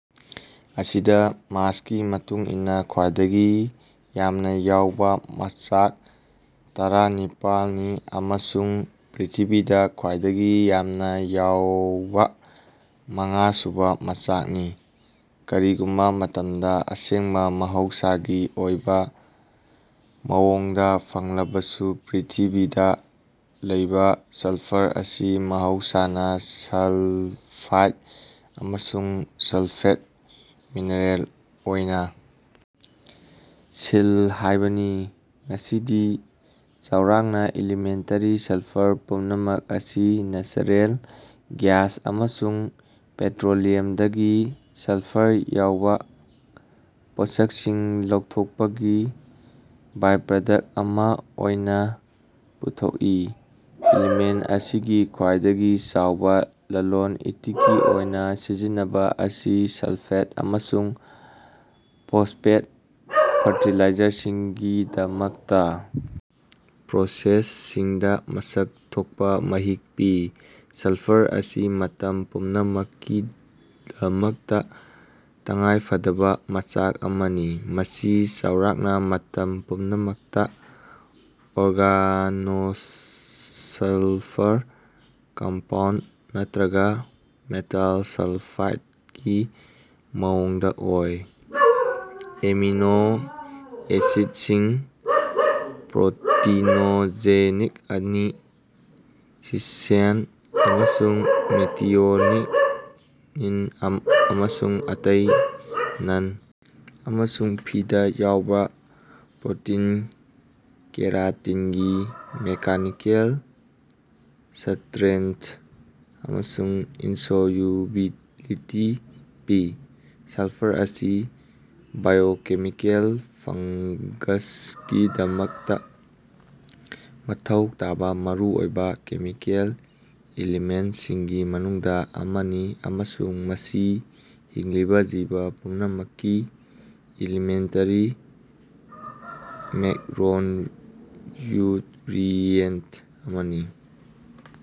ꯑꯁꯤꯗ ꯃꯥꯁꯀꯤ ꯃꯇꯨꯡ ꯏꯟꯅ ꯈ꯭ꯋꯥꯏꯗꯒꯤ ꯌꯥꯝꯅ ꯌꯥꯎꯕ ꯃꯆꯥꯛ ꯇꯔꯥꯅꯤꯄꯥꯜꯅꯤ ꯑꯃꯁꯨꯡ ꯄ꯭ꯔꯤꯊꯤꯕꯤꯗ ꯈ꯭ꯋꯥꯏꯗꯒꯤ ꯌꯥꯝꯅ ꯌꯥꯎꯕ ꯃꯉꯥꯁꯨꯕ ꯃꯆꯥꯛꯅꯤ꯫ ꯀꯔꯤꯒꯨꯝꯕ ꯃꯇꯝꯗ ꯑꯁꯦꯡꯕ ꯃꯍꯧꯁꯥꯒꯤ ꯑꯣꯏꯕ ꯃꯑꯣꯡꯗꯥ ꯐꯪꯂꯕꯁꯨ ꯄ꯭ꯔꯤꯊꯤꯕꯤꯗ ꯂꯩꯕ ꯁꯜꯐꯔ ꯑꯁꯤ ꯃꯍꯧꯁꯥꯅ ꯁꯜꯐꯥꯏꯗ ꯑꯃꯁꯨꯡ ꯁꯜꯐꯦꯠ ꯃꯤꯅꯔꯦꯜ ꯑꯣꯏꯅ ꯁꯤꯜ" ꯍꯥꯏꯕꯅꯤ꯫ ꯉꯁꯤꯗꯤ ꯆꯥꯎꯔꯥꯛꯅ ꯏꯂꯤꯃꯦꯟꯇꯔꯤ ꯁꯜꯐꯔ ꯄꯨꯝꯅꯃꯛ ꯑꯁꯤ ꯅꯦꯆꯔꯦꯜ ꯒ꯭ꯌꯥꯁ ꯑꯃꯁꯨꯡ ꯄꯦꯇ꯭ꯔꯣꯂꯤꯌꯝꯗꯒꯤ ꯁꯜꯐꯔ ꯌꯥꯎꯕ ꯄꯣꯠꯁꯛꯁꯤꯡ ꯂꯧꯊꯣꯛꯄꯒꯤ ꯕꯥꯏꯄ꯭ꯔꯗꯛꯠ ꯑꯃ ꯑꯣꯏꯅ ꯄꯨꯊꯣꯛꯏ꯫ ꯏꯂꯤꯃꯦꯟꯇ ꯑꯁꯤꯒꯤ ꯈ꯭ꯋꯥꯏꯗꯒꯤ ꯆꯥꯎꯕ ꯂꯂꯣꯟ ꯏꯇꯤꯛꯀꯤ ꯑꯣꯏꯅ ꯁꯤꯖꯤꯟꯅꯕ ꯑꯁꯤ ꯁꯜꯐꯦꯠ ꯑꯃꯁꯨꯡ ꯐꯣꯁꯐꯦꯠ ꯐꯔꯇꯤꯂꯥꯏꯖꯔꯁꯤꯡꯒꯤꯗꯃꯛꯇ ꯄ꯭ꯔꯣꯁꯦꯁꯁꯤꯡꯗ ꯃꯁꯛ ꯊꯣꯛꯄ ꯃꯍꯤꯛ ꯄꯤ꯫ ꯁꯜꯐꯔ ꯑꯁꯤ ꯃꯇꯝ ꯄꯨꯝꯅꯃꯛꯀꯤꯗꯃꯛꯇ ꯇꯉꯥꯏꯐꯗꯕ ꯃꯆꯥꯛ ꯑꯃꯅꯤ꯫ ꯃꯁꯤ ꯆꯥꯎꯔꯥꯛꯅ ꯃꯇꯝ ꯄꯨꯝꯅꯃꯛꯇ ꯑꯣꯔꯒꯥꯅꯣꯁꯜꯐꯔ ꯀꯝꯄꯥꯎꯟꯗ ꯅꯠꯇ꯭ꯔꯒ ꯃꯦꯇꯜ ꯁꯜꯐꯥꯏꯗꯀꯤ ꯃꯑꯣꯡꯗ ꯑꯣꯏ꯫ ꯑꯦꯃꯤꯅꯣ ꯑꯦꯁꯤꯗꯁꯤꯡ (ꯄ꯭ꯔꯣꯇꯤꯅꯣꯖꯦꯅꯤꯛ ꯑꯅꯤ: ꯁꯤꯁ꯭ꯇꯦꯟ ꯑꯃꯁꯨꯡ ꯃꯦꯊꯤꯑꯣꯅꯤꯟ, ꯏꯟ ꯑꯃꯁꯨꯡ ꯑꯇꯩ ꯅꯟ ꯑꯃꯁꯨꯡ ꯐꯤꯗꯥ ꯌꯥꯎꯕ ꯄ꯭ꯔꯣꯇꯤꯟ ꯀꯦꯔꯥꯇꯤꯟꯒꯤ ꯃꯦꯀꯥꯅꯤꯀꯦꯜ ꯁꯇ꯭ꯔꯦꯡꯊ ꯑꯃꯁꯨꯡ ꯏꯟꯁꯣꯜꯌꯨꯕꯤꯂꯤꯇꯤ ꯄꯤ꯫ ꯁꯜꯐꯔ ꯑꯁꯤ ꯕꯥꯏꯑꯣꯀꯦꯃꯤꯀꯦꯜ ꯐꯪꯒꯁꯒꯤꯗꯃꯛꯇ ꯃꯊꯧ ꯇꯥꯕ ꯃꯔꯨꯑꯣꯏꯕ ꯀꯦꯃꯤꯀꯦꯜ ꯏꯂꯤꯃꯦꯟꯇꯁꯤꯡꯒꯤ ꯃꯅꯨꯡꯗ ꯑꯃꯅꯤ ꯑꯃꯁꯨꯡ ꯃꯁꯤ ꯍꯤꯡꯂꯤꯕ ꯖꯤꯕ ꯄꯨꯝꯅꯃꯛꯀꯤ ꯏꯂꯤꯃꯦꯟꯇꯔꯤ ꯃꯦꯛꯔꯣꯟꯌꯨꯠꯔꯤꯑꯦꯟꯇ ꯑꯃꯅꯤ꯫